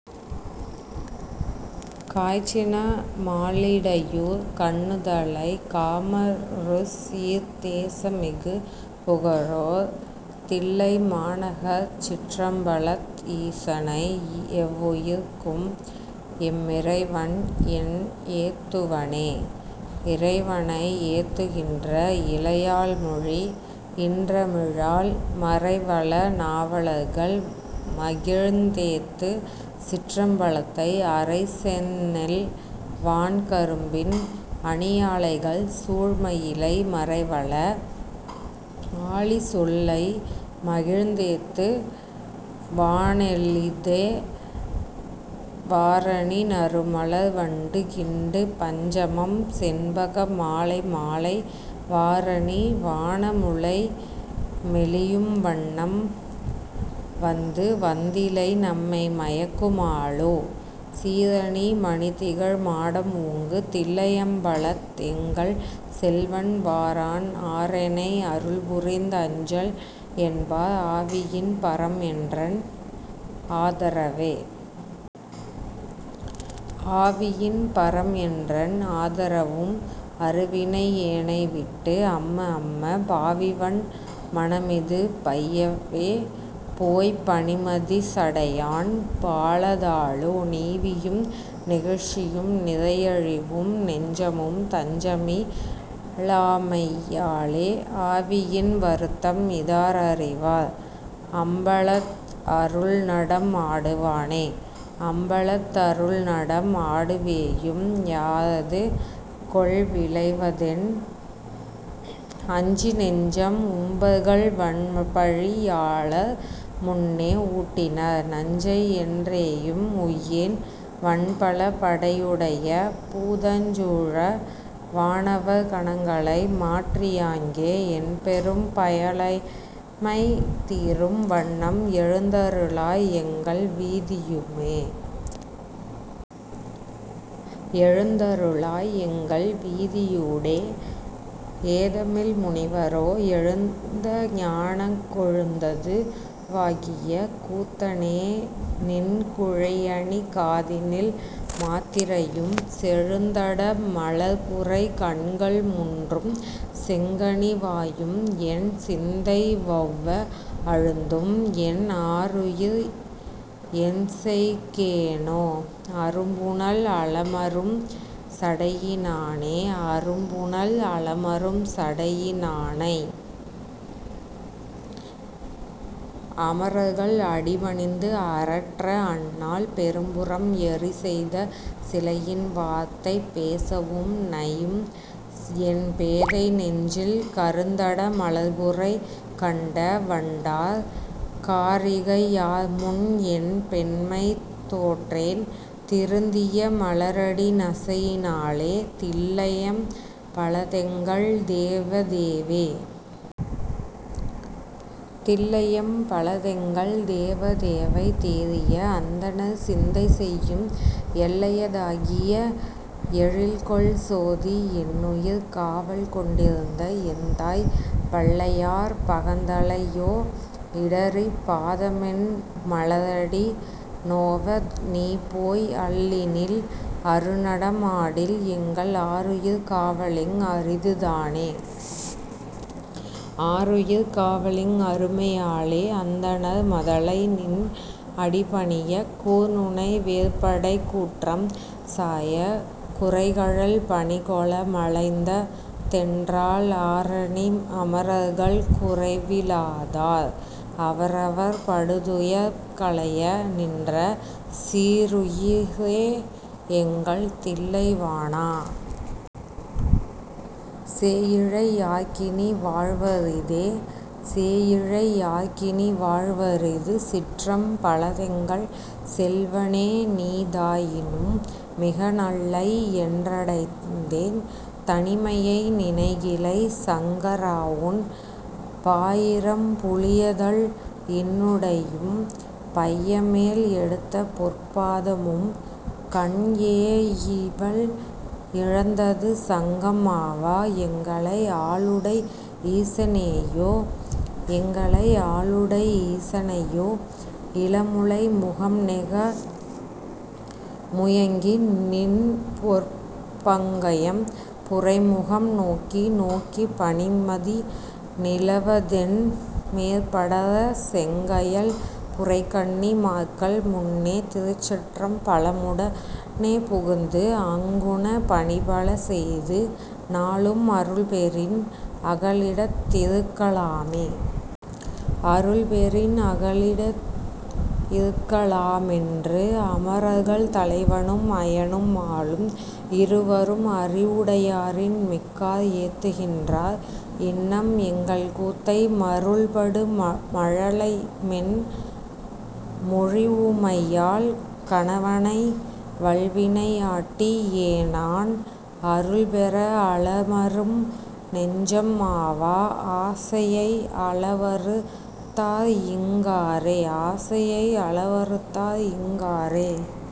காய்சின மால்லிடையூர் கண்ணுதலைக் காமருசீர்த் தேசமிகு புகழோர் தில்லைமாநகர்ச் சிற்றம்பலத் ஈசனை எவ்வுயிர்க்கும் எம்மிறைவன்என் ஏத்துவனே. இறைவனை ஏத்துகின்ற இளையாள்மொழி இன்றமிழால் மறைவல நாவலர்கள் மகிழ்ந்தேத்து சிற்றம்பலத்தை அறைசெந்நெல் வான்கரும்பின் அணியாலைகள் சூழ்மயிலை மறைவல ஆலிசொல்லை மகிழ்ந்தேத்து வானெளிதே. வாரணி நறுமலர் வண்டு கிண்டு பஞ்சமம் செண்பக மாலைமாலை வாரணி வானமுலை மெலியும் வண்ணம் வந்து வந்திலைநம்மை மயக்குமாலோ சீரணி மணிதிகழ் மாடம் ஓங்கு தில்லையம்பலத் எங்கள் செல்வன் வாரான் ஆரெனை அருள்புரிந் அஞ்சல் என்பார் ஆவியின் பரம்என்றன் ஆதரவே. ஆவியின் பரம்என்றன் ஆதரவும் அருவினை யேனைவிட்டு அம்மஅம்ம பாவிவன் மனமிது பையவே போய்ப் பனிமதிச் சடையான் பாலதாலோ நீவியும் நெகிழ்ச்சியும் நிறையழிவும் நெஞ்சமும் தஞ்சமி லாமையாலே ஆவியின் வருத்தம் இதாரறிவார் அம்பலத் அருள்நடம் ஆடுவானே. அம்பலத் தருள்நடம் ஆடவேயும் யாதுகொல் விளைவதென் அஞ்சிநெஞ்சம் உம்பர்கள்வன்பழி யாளர்முன்னே ஊட்டினர் நஞ்சைஎன் றேயும் உய்யேன் வன்பல படையுடைய பூதஞ்சூழ வானவர் கணங்களை மாற்றியாங்கே என்பெரும் பயலமை தீரும்வண்ணம் எழுந்தரு ளாய்எங்கள் வீதியுடே! எழுந்தருளாய் எங்கள் வீதியூடே ஏதமில் முனிவரோ எழுந்தஞானக் கொழுந்தது வாகிய கூத்தனேநின் குழையணி காதினில் மாத்திரையும் செழுந்தட மலர்புரை கண்கள் முன்றும் செங்கனி வாயும்என் சிந்தைவெளவ அழுந்தும்என் ஆருயிர்க் என்செய் கேனோ? அரும்புனல் அலமரும் சடையினானே! அரும்புனல் அலமரும் சடையி னானை அமரர்கள் அடிபணிந்து அரற்ற அந்நாள் பெரும்புரம் எரிசெய்த சிலையின் வார்த்தை பேசவும் நையும் என் பேதை நெஞ்சில் கருந்தட மலர்புரை கண்ட வண்டார் காரிகை யார்முன்என் பெண்மை தோற்றேன் திருந்திய மலரடி நசையி னாலே தில்லையம் பலத்தெங்கள் தேவ தேவே. தில்லையம் பலத்தெங்கள் தேவ தேவைத் தேறிய அந்தணர் சிந்தை செய்யும் எல்லைய தாகிய எழில்கொள் சோதி என்னுயிர் காவல்கொண் டிருந்த எந்தாய் பல்லையார் பகந்தலை யோ இடறிப் பாதமென் மலரடி நோவ நீபோய் அல்லினில் அருநடம் ஆடில் எங்கள் ஆருயிர் காவலிங் அரிது தானே. ஆருயிர் காவலிங் அருமை யாலே அந்தணர் மதலைநின் அடிபணியக் கூர்நுனை வேற்படைக்கூற்றம் சாயக் குரைகழல் பணிகொள மலைந்த தென்றால் ஆரனி அமரர்கள் குறைவி லாதார் அவரவர் படுதுயர் களைய நின்ற சீருயி ரேஎங்கள் தில்லை வாணா! சேயிழை யார்க்கினி வாழ்வரிதே. சேயிழை யார்க்கினி வாழ்வரிது சிற்றம் பலத்தெங்கள் செல்வ னேநீ தாயினும் மிகநல்லை என்றடைந்தேன் தனிமையை நினைகிலை சங்க ராவுன் பாயிரம் புலியதள் இன்னுடையும் பையமேல் எடுத்தபொற் பாத மும்கண் ஏயிவல் இழந்தது சங்கம் ஆவா எங்களை ஆளுடை ஈச னேயோ. எங்களை ஆளுடை ஈசனையோ இளமுலை முகம்நெக முயங்கி நின்பொற் பங்கயம் புரைமுகம் நோக்கி நோக்கிப் பனிமதி நிலவதென் மேற்படரச் செங்கயல் புரைகண்ணி மார்கள் முன்னே திருச்சிற்றம் பலமுட னேபுகுந்து அங்குன பணிபல செய்து நாளும் அருள்பெறின் அகலிடத் திருக்கலாமே.. அருள்பெறின் அகலிடத் இருக்கலா மென்று அமரர்கள் தலைவனும் அயனும் மாலும் இருவரும் அறிவுடையாரின் மிக்கார் ஏத்துகின் றார் இன்னம் எங்கள்கூத்தை மருள்படு மழலைமென் மொழிவுமையாள் கணவனை வல்வினை யாட்டி யேனான் அருள்பெற அலமரும் நெஞ்சம் ஆவா ஆசையை அளவறுத் தார்இங் காரே? ஆசையை அளவறுத் தார்இங் காரே?